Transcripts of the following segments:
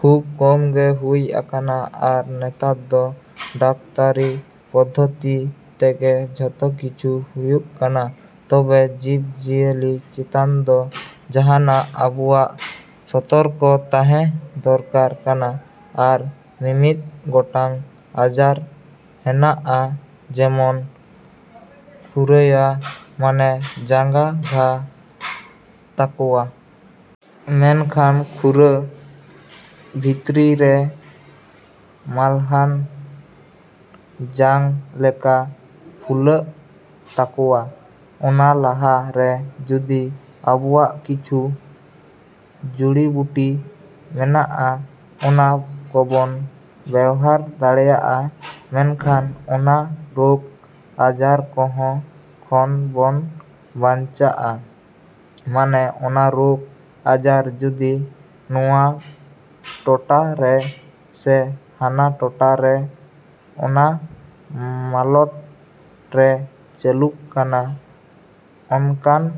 ᱠᱷᱩᱵ ᱠᱚᱢ ᱜᱮ ᱦᱩᱭ ᱟᱠᱟᱱᱟ᱾ ᱟᱨ ᱱᱮᱛᱟᱨ ᱫᱚ ᱰᱟᱠᱛᱟᱨᱤ ᱯᱚᱫᱽᱫᱷᱚᱛᱤ ᱛᱮᱜᱮ ᱡᱚᱛᱚ ᱠᱤᱪᱷᱩ ᱦᱩᱭᱩᱜ ᱠᱟᱱᱟ ᱛᱚᱵᱮ ᱡᱤᱵᱽᱼᱤᱭᱟᱹᱞᱤ ᱪᱮᱛᱟᱱ ᱫᱚ ᱡᱟᱦᱟᱱᱟᱜ ᱟᱵᱚᱣᱟᱜ ᱥᱚᱛᱚᱨᱠᱚ ᱛᱟᱦᱮᱸ ᱫᱚᱨᱠᱟᱨ ᱠᱟᱱᱟ, ᱟᱨ ᱢᱤᱢᱤᱫ ᱜᱚᱴᱟᱝ ᱟᱡᱟᱨ ᱦᱮᱱᱟᱜᱼᱟ᱾ ᱡᱮᱢᱚᱱ ᱠᱷᱩᱨᱟᱹᱭᱟ ᱢᱟᱱᱮ ᱡᱟᱸᱜᱟ ᱜᱷᱟᱜ ᱛᱟᱠᱚᱣᱟ᱾ ᱢᱮᱱᱠᱷᱟᱱ ᱠᱷᱩᱨᱟᱹ ᱵᱷᱤᱛᱨᱤ ᱨᱮ ᱢᱟᱞᱦᱟᱱ ᱡᱟᱝ ᱞᱮᱠᱟ ᱯᱷᱩᱞᱟᱹᱜ ᱛᱟᱠᱚᱣᱟ᱾ ᱚᱱᱟ ᱞᱟᱦᱟ ᱨᱮ ᱡᱩᱫᱤ ᱟᱵᱚᱣᱟᱜ ᱠᱤᱪᱷᱩ ᱡᱩᱲᱤ ᱵᱩᱴᱤ ᱢᱮᱱᱟᱜᱼᱟ ᱚᱱᱟ ᱠᱚᱵᱚᱱ ᱵᱮᱣᱦᱟᱨ ᱫᱟᱲᱮᱭᱟᱜᱼᱟ ᱢᱮᱱᱠᱷᱟᱱ ᱚᱱᱟ ᱨᱳᱜᱽ ᱟᱡᱟᱨ ᱠᱚᱦᱚᱸ ᱠᱷᱚᱱ ᱵᱚᱱ ᱵᱟᱧᱪᱟᱜᱼᱟ᱾ ᱢᱟᱱᱮ ᱚᱱᱟ ᱨᱳᱜᱽ ᱟᱡᱟᱨ ᱡᱩᱫᱤ ᱱᱚᱣᱟ ᱴᱚᱴᱟ ᱨᱮ ᱥᱮ ᱦᱟᱱᱟ ᱴᱚᱴᱟ ᱨᱮ ᱚᱱᱟ ᱢᱟᱞᱚᱴ ᱨᱮ ᱪᱟᱹᱞᱩᱜ ᱠᱟᱱᱟ ᱚᱱᱠᱟᱱ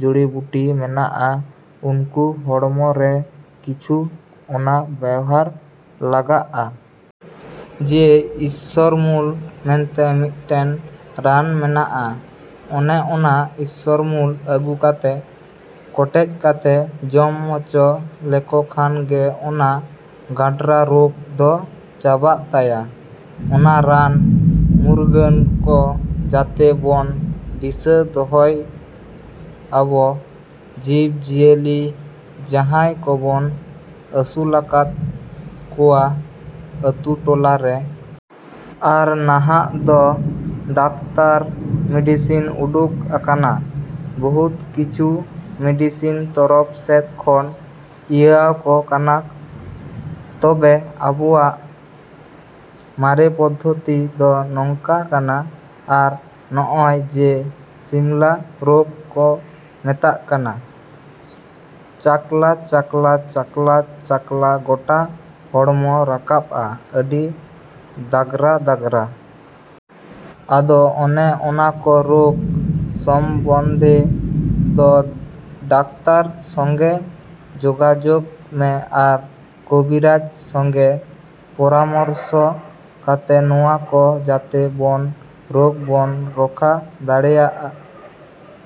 ᱡᱩᱲᱤᱵᱩᱴᱤ ᱢᱮᱱᱟᱜᱼᱟ ᱩᱱᱠᱩ ᱦᱚᱲᱢᱚ ᱨᱮ ᱠᱤᱪᱷᱩ ᱚᱱᱟ ᱵᱮᱣᱦᱟᱨ ᱞᱟᱜᱟᱜᱼᱟ᱾ ᱡᱮ ᱤᱥᱥᱚᱨᱢᱩᱞ ᱢᱮᱱᱛᱮ ᱢᱤᱫᱴᱮᱱ ᱨᱟᱱ ᱢᱮᱱᱟᱜᱼᱟ ᱚᱱᱮ ᱚᱱᱟ ᱤᱥᱥᱚᱨ ᱢᱩᱞ ᱟᱹᱜᱩ ᱠᱟᱛᱮ ᱠᱚᱴᱮᱡ ᱠᱟᱛᱮ ᱡᱚᱢ ᱦᱚᱪᱚ ᱞᱮᱠᱚ ᱠᱷᱟᱱ ᱜᱮ ᱚᱱᱟ ᱜᱟᱸᱰᱨᱟ ᱨᱳᱜᱽ ᱫᱚ ᱪᱟᱵᱟᱜ ᱛᱟᱭᱟ᱾ ᱚᱱᱟ ᱨᱟᱱ ᱢᱩᱨᱜᱟᱹᱱ ᱠᱚ ᱡᱟᱛᱮ ᱵᱚᱱ ᱫᱤᱥᱟᱹ ᱫᱚᱦᱚᱭ ᱟᱵᱚ ᱡᱤᱵᱽᱼᱡᱤᱭᱟᱹᱞᱤ ᱡᱟᱦᱟᱸᱭ ᱠᱚᱵᱚᱱ ᱟᱹᱥᱩᱞᱟᱠᱟᱫ ᱠᱚᱣᱟ ᱟᱹᱛᱩ, ᱴᱚᱞᱟ ᱨᱮ᱾ ᱟᱨ ᱱᱟᱦᱟᱜ ᱫᱚ ᱰᱟᱠᱛᱟᱨ ᱢᱤᱰᱤᱥᱤᱱ ᱩᱰᱩᱠ ᱟᱠᱟᱱᱟ, ᱵᱚᱦᱩᱛ ᱠᱤᱪᱷᱩ ᱢᱤᱰᱤᱥᱤᱱ ᱛᱚᱨᱚᱯ ᱥᱮᱫ ᱠᱷᱚᱱ ᱤᱭᱟᱹᱣᱟᱠᱚ ᱠᱟᱱᱟ᱾ ᱛᱚᱵᱮ ᱟᱵᱚᱣᱟᱜ ᱢᱟᱨᱮ ᱯᱚᱫᱽᱫᱷᱚᱛᱤ ᱫᱚ ᱱᱚᱝᱠᱟ ᱠᱟᱱᱟ᱾ ᱟᱨ ᱱᱚᱜᱼᱚᱭ ᱡᱮ ᱥᱤᱢᱞᱟ ᱨᱳᱜᱽ ᱠᱚ ᱢᱮᱛᱟᱜ ᱠᱟᱱᱟ, ᱪᱟᱠᱞᱟ, ᱪᱟᱠᱞᱟ, ᱪᱟᱠᱞᱟ, ᱪᱟᱠᱞᱟ ᱜᱚᱴᱟ ᱦᱚᱲᱢᱚ ᱨᱟᱠᱟᱵᱼᱟ ᱟᱹᱰᱤ ᱫᱟᱜᱽᱨᱟ ᱫᱟᱜᱽᱨᱟ᱾ ᱟᱫᱚ ᱚᱱᱮ ᱚᱱᱟ ᱠᱚ ᱨᱳᱜᱽ ᱥᱚᱢᱵᱚᱱᱫᱷᱮ ᱫᱚ ᱰᱟᱠᱛᱟᱨ ᱥᱚᱸᱜᱮ ᱡᱳᱜᱟᱡᱳᱜᱽ ᱢᱮ ᱟᱨ ᱠᱚᱵᱤᱨᱟᱹᱡ ᱥᱚᱸᱜᱮ ᱯᱚᱨᱟᱢᱚᱨᱥᱚ ᱠᱟᱛᱮ ᱱᱚᱣᱟ ᱠᱚ ᱡᱟᱛᱮ ᱵᱚᱱ ᱨᱳᱜᱽ ᱵᱚᱱ ᱨᱚᱯᱷᱟ ᱫᱟᱲᱮᱭᱟᱜ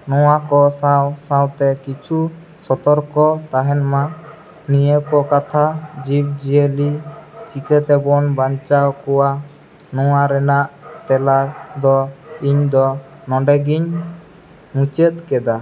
ᱱᱚᱣᱟ ᱠᱚ ᱥᱟᱶ ᱥᱟᱶᱛᱮ ᱠᱤᱪᱷᱩ ᱥᱚᱛᱚᱨᱠᱚ ᱛᱟᱦᱮᱱᱢᱟ, ᱱᱤᱭᱟᱹ ᱠᱚ ᱠᱟᱛᱷᱟ ᱡᱤᱵᱽᱼᱡᱤᱭᱟᱹᱞᱤ ᱪᱤᱠᱟᱹᱛᱮᱵᱚᱱ ᱵᱟᱧᱪᱟᱣ ᱠᱚᱣᱟ ᱱᱚᱣᱟ ᱨᱮᱱᱟᱜ ᱛᱮᱞᱟ ᱫᱚ ᱤᱧ ᱫᱚ ᱱᱚᱰᱮ ᱜᱤᱧ ᱢᱩᱪᱟᱹᱫ ᱠᱮᱫᱟ᱾।